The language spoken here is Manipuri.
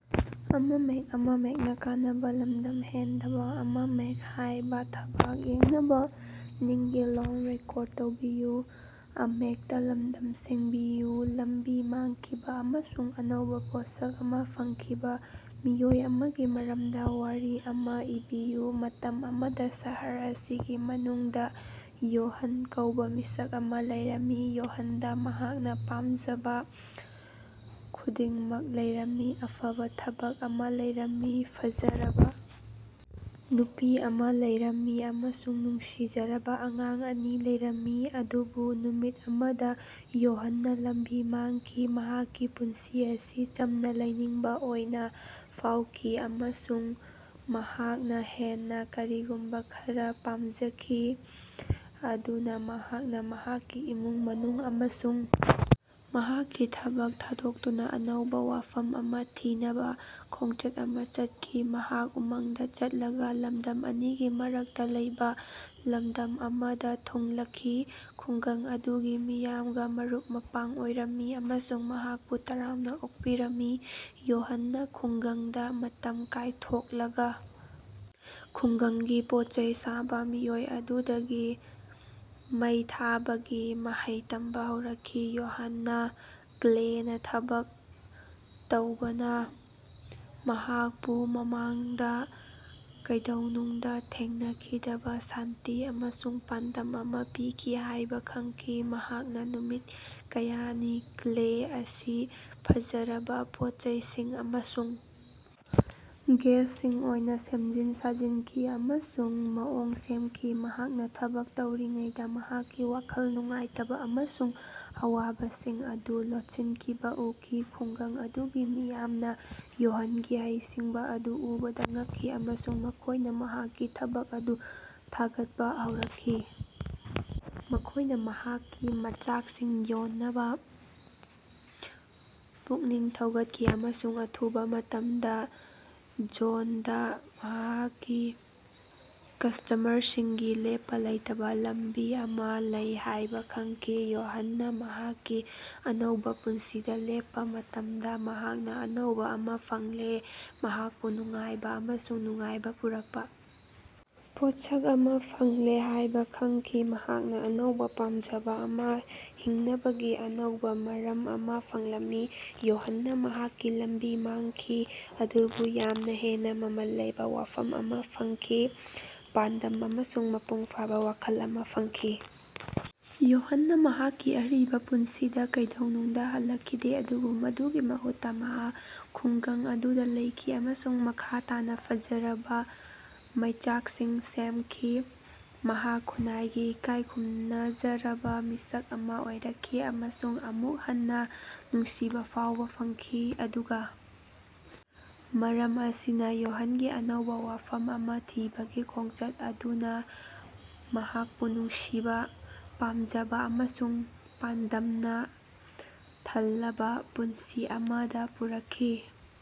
ꯂꯝꯕꯤ ꯃꯥꯡꯈꯤꯕ ꯑꯃꯁꯨꯡ ꯑꯅꯧꯕ ꯄꯣꯠꯁꯛ ꯑꯃ ꯐꯪꯈꯤꯕ ꯃꯤꯑꯣꯏ ꯑꯃꯒꯤ ꯃꯔꯝꯗ ꯋꯥꯔꯤ ꯑꯃ ꯏꯕꯤꯌꯨ꯫ ꯃꯇꯝ ꯑꯃꯗ ꯁꯍꯔ ꯑꯁꯤꯒꯤ ꯃꯅꯨꯡꯗ ꯌꯣꯍꯟ ꯀꯧꯕ ꯃꯤꯁꯛ ꯑꯃ ꯂꯩꯔꯝꯃꯤ꯫ ꯌꯣꯍꯟꯗ ꯃꯍꯥꯛꯅ ꯄꯥꯝꯖꯕ ꯈꯨꯗꯤꯡꯃꯛ ꯂꯩꯔꯝꯃꯤ, ꯑꯐꯕ ꯊꯕꯛ ꯑꯃ ꯂꯩꯔꯝꯃꯤ, ꯐꯖꯔꯕ ꯅꯨꯄꯤ ꯑꯃ ꯂꯩꯔꯝꯃꯤ ꯑꯃꯁꯨꯡ ꯅꯨꯡꯁꯤꯖꯔꯕ ꯑꯉꯥꯡ ꯑꯅꯤ ꯂꯩꯔꯝꯃꯤ꯫ ꯑꯗꯨꯕꯨ ꯅꯨꯃꯤꯠ ꯑꯃꯗ ꯌꯣꯍꯟꯅ ꯂꯝꯕꯤ ꯃꯥꯡꯈꯤ꯫ ꯃꯍꯥꯛꯀꯤ ꯄꯨꯟꯁꯤ ꯑꯁꯤ ꯆꯝꯅ ꯂꯩꯅꯤꯡꯕ ꯑꯣꯏꯅ ꯐꯥꯎꯈꯤ ꯑꯃꯁꯨꯡ ꯃꯍꯥꯛꯅ ꯍꯦꯟꯅ ꯀꯔꯤꯒꯨꯝꯕ ꯈꯔ ꯄꯥꯝꯖꯈꯤ꯫ ꯑꯗꯨꯅ ꯃꯍꯥꯛꯅ ꯃꯍꯥꯛꯀꯤ ꯏꯃꯨꯡ ꯃꯅꯨꯡ ꯑꯃꯁꯨꯡ ꯃꯍꯥꯛꯀꯤ ꯊꯕꯛ ꯊꯥꯗꯣꯛꯇꯨꯅ ꯑꯅꯧꯕ ꯋꯥꯐꯝ ꯑꯃ ꯊꯤꯅꯕ ꯈꯣꯡꯆꯠ ꯑꯃ ꯆꯠꯈꯤ꯫ ꯃꯍꯥꯛ ꯎꯃꯪꯗ ꯆꯠꯂꯒ ꯂꯃꯗꯝ ꯑꯅꯤꯒꯤ ꯃꯔꯛꯇ ꯂꯩꯕ ꯂꯝꯗꯝ ꯑꯃꯗ ꯊꯨꯡꯂꯈꯤ꯫ ꯈꯨꯡꯒꯪ ꯑꯗꯨꯒꯤ ꯃꯤꯌꯥꯝꯒ ꯃꯔꯨꯞ-ꯃꯄꯥꯡ ꯑꯣꯏꯔꯝꯃꯤ ꯑꯃꯁꯨꯡ ꯃꯍꯥꯛꯄꯨ ꯇꯔꯥꯝꯅ ꯑꯣꯛꯄꯤꯔꯝꯃꯤ꯫ ꯌꯣꯍꯟꯅ ꯈꯨꯡꯒꯪꯗ ꯃꯇꯝ ꯀꯥꯏꯊꯣꯛꯂꯒ ꯈꯨꯡꯒꯪꯒꯤ ꯄꯣꯠꯆꯩ ꯁꯥꯕ ꯃꯤꯑꯣꯏ ꯑꯗꯨꯗꯒꯤ ꯃꯩ ꯊꯥꯕꯒꯤ ꯃꯍꯩ ꯇꯝꯕ ꯍꯧꯔꯛꯈꯤ꯫ ꯌꯣꯍꯟꯅ ꯀ꯭ꯂꯦꯅ ꯊꯕꯛ ꯇꯧꯕꯅ ꯃꯍꯥꯛꯄꯨ ꯃꯃꯥꯡꯗ ꯀꯩꯗꯧꯅꯨꯡꯗ ꯊꯦꯡꯅꯈꯤꯗꯕ ꯁꯥꯟꯇꯤ ꯑꯃꯁꯨꯡ ꯄꯥꯟꯗꯝ ꯑꯃ ꯄꯤꯈꯤ ꯍꯥꯏꯕ ꯈꯪꯈꯤ꯫ ꯃꯍꯥꯛꯅ ꯅꯨꯃꯤꯠ ꯀꯌꯥꯅꯤ ꯀ꯭ꯂꯦ ꯑꯁꯤ ꯐꯖꯔꯕ ꯄꯣꯠꯆꯩꯁꯤꯡ ꯑꯃꯁꯨꯡ ꯒꯦꯖꯁꯤꯡ ꯑꯣꯏꯅ ꯁꯦꯝꯖꯤꯟ ꯁꯥꯖꯤꯟꯈꯤ ꯑꯃꯁꯨꯡ ꯃꯑꯣꯡ ꯁꯦꯝꯈꯤ꯫ ꯃꯍꯥꯛꯅ ꯊꯕꯛ ꯇꯧꯔꯤꯉꯩꯗ ꯃꯍꯥꯛꯀꯤ ꯋꯥꯈꯜ ꯅꯨꯡꯉꯥꯏꯇꯕ ꯑꯃꯁꯨꯡ ꯑꯋꯥꯕꯁꯤꯡ ꯑꯗꯨ ꯂꯣꯏꯁꯤꯟꯈꯤꯕ ꯎꯈꯤ꯫ ꯈꯨꯡꯒꯪ ꯑꯗꯨꯒꯤ ꯃꯤꯌꯥꯝꯅ ꯌꯣꯍꯟꯒꯤ ꯍꯩꯁꯤꯡꯕ ꯑꯗꯨ ꯎꯕꯗ ꯉꯛꯈꯤ ꯑꯃꯁꯨꯡ ꯃꯈꯣꯏꯅ ꯃꯍꯥꯛꯀꯤ ꯊꯕꯛ ꯑꯗꯨ ꯊꯥꯒꯠꯄ ꯍꯧꯔꯛꯈꯤ꯫ ꯃꯈꯣꯏꯅ ꯃꯍꯥꯛꯀꯤ ꯃꯆꯥꯛꯁꯤꯡ ꯌꯣꯟꯅꯕ ꯄꯨꯛꯅꯤꯡ ꯊꯧꯒꯠꯈꯤ ꯑꯃꯁꯨꯡ ꯑꯊꯨꯕ ꯃꯇꯝꯗ ꯖꯣꯟꯗ ꯃꯍꯥꯛꯀꯤ ꯀꯁ꯭ꯇꯃꯔꯁꯤꯡꯒꯤ ꯂꯦꯞꯄ ꯂꯩꯇꯕ ꯂꯝꯕꯤ ꯑꯃ ꯂꯩ ꯍꯥꯏꯕ ꯈꯪꯈꯤ꯫ꯌꯣꯍꯟꯅ ꯃꯍꯥꯛꯀꯤ ꯑꯅꯧꯕ ꯄꯨꯟꯁꯤꯗ ꯂꯦꯞꯄ ꯃꯇꯝꯗ ꯃꯍꯥꯛꯅ ꯑꯅꯧꯕ ꯑꯃ ꯐꯪꯂꯦ, ꯃꯍꯥꯛꯄꯨ ꯅꯨꯡꯉꯥꯏꯕ ꯑꯃꯁꯨꯡ ꯅꯨꯡꯉꯥꯏꯕ ꯄꯨꯔꯛꯄ ꯄꯣꯠꯁꯛ ꯑꯃ ꯐꯪꯂꯦ ꯍꯥꯏꯕ ꯈꯪꯈꯤ꯫ ꯃꯍꯥꯛꯅ ꯑꯅꯧꯕ ꯄꯥꯝꯖꯕ ꯑꯃ, ꯍꯤꯡꯅꯕꯒꯤ ꯑꯅꯧꯕ ꯃꯔꯝ ꯑꯃ ꯐꯪꯂꯝꯃꯤ꯫ ꯌꯣꯍꯟꯅ ꯃꯍꯥꯛꯀꯤ ꯂꯝꯕꯤ ꯃꯥꯡꯈꯤ ꯑꯗꯨꯕꯨ ꯌꯥꯝꯅ ꯍꯦꯟꯅ ꯃꯃꯜ ꯂꯩꯕ ꯋꯥꯐꯝ ꯑꯃ ꯐꯪꯈꯤ, ꯄꯥꯟꯗꯝ ꯑꯃꯁꯨꯡ ꯃꯄꯨꯡ ꯐꯥꯕ ꯋꯥꯈꯜ ꯑꯃ ꯐꯪꯈꯤ꯫ ꯌꯣꯍꯟꯅ ꯃꯍꯥꯛꯀꯤ ꯑꯔꯤꯕ ꯄꯨꯟꯁꯤꯗ ꯀꯩꯗꯧꯅꯨꯡꯗ ꯍꯜꯂꯛꯈꯤꯗꯦ ꯑꯗꯨꯕꯨ ꯃꯗꯨꯒꯤ ꯃꯍꯨꯠꯇ ꯃꯍꯥꯛ ꯈꯨꯡꯒꯪ ꯑꯗꯨꯗ ꯂꯩꯈꯤ ꯑꯃꯁꯨꯡ ꯃꯈꯥ ꯇꯥꯅ ꯐꯖꯔꯕ ꯃꯩꯆꯥꯛꯁꯤꯡ ꯁꯦꯃꯈꯤ꯫ ꯃꯍꯥꯛ ꯈꯨꯟꯅꯥꯏꯒꯤ ꯏꯀꯥꯏ ꯈꯨꯝꯅꯖꯔꯕ ꯃꯤꯁꯛ ꯑꯃ ꯑꯣꯏꯔꯛꯈꯤ ꯑꯃꯁꯨꯡ ꯑꯃꯨꯛ ꯍꯟꯅ ꯅꯨꯡꯁꯤꯕ ꯐꯥꯎꯕ ꯐꯪꯈꯤ꯫ ꯑꯗꯨꯒ ꯃꯔꯝ ꯑꯁꯤꯅ, ꯌꯣꯍꯟꯒꯤ ꯑꯅꯧꯕ ꯋꯥꯐꯝ ꯑꯃ ꯊꯤꯕꯒꯤ ꯈꯣꯡꯆꯠ ꯑꯗꯨꯅ ꯃꯍꯥꯛꯄꯨ ꯅꯨꯡꯁꯤꯕ, ꯄꯥꯝꯖꯕ ꯑꯃꯁꯨꯡ ꯄꯥꯟꯗꯝꯅ ꯊꯜꯂꯕ ꯄꯨꯟꯁꯤ ꯑꯃꯗ ꯄꯨꯔꯛꯈꯤ꯫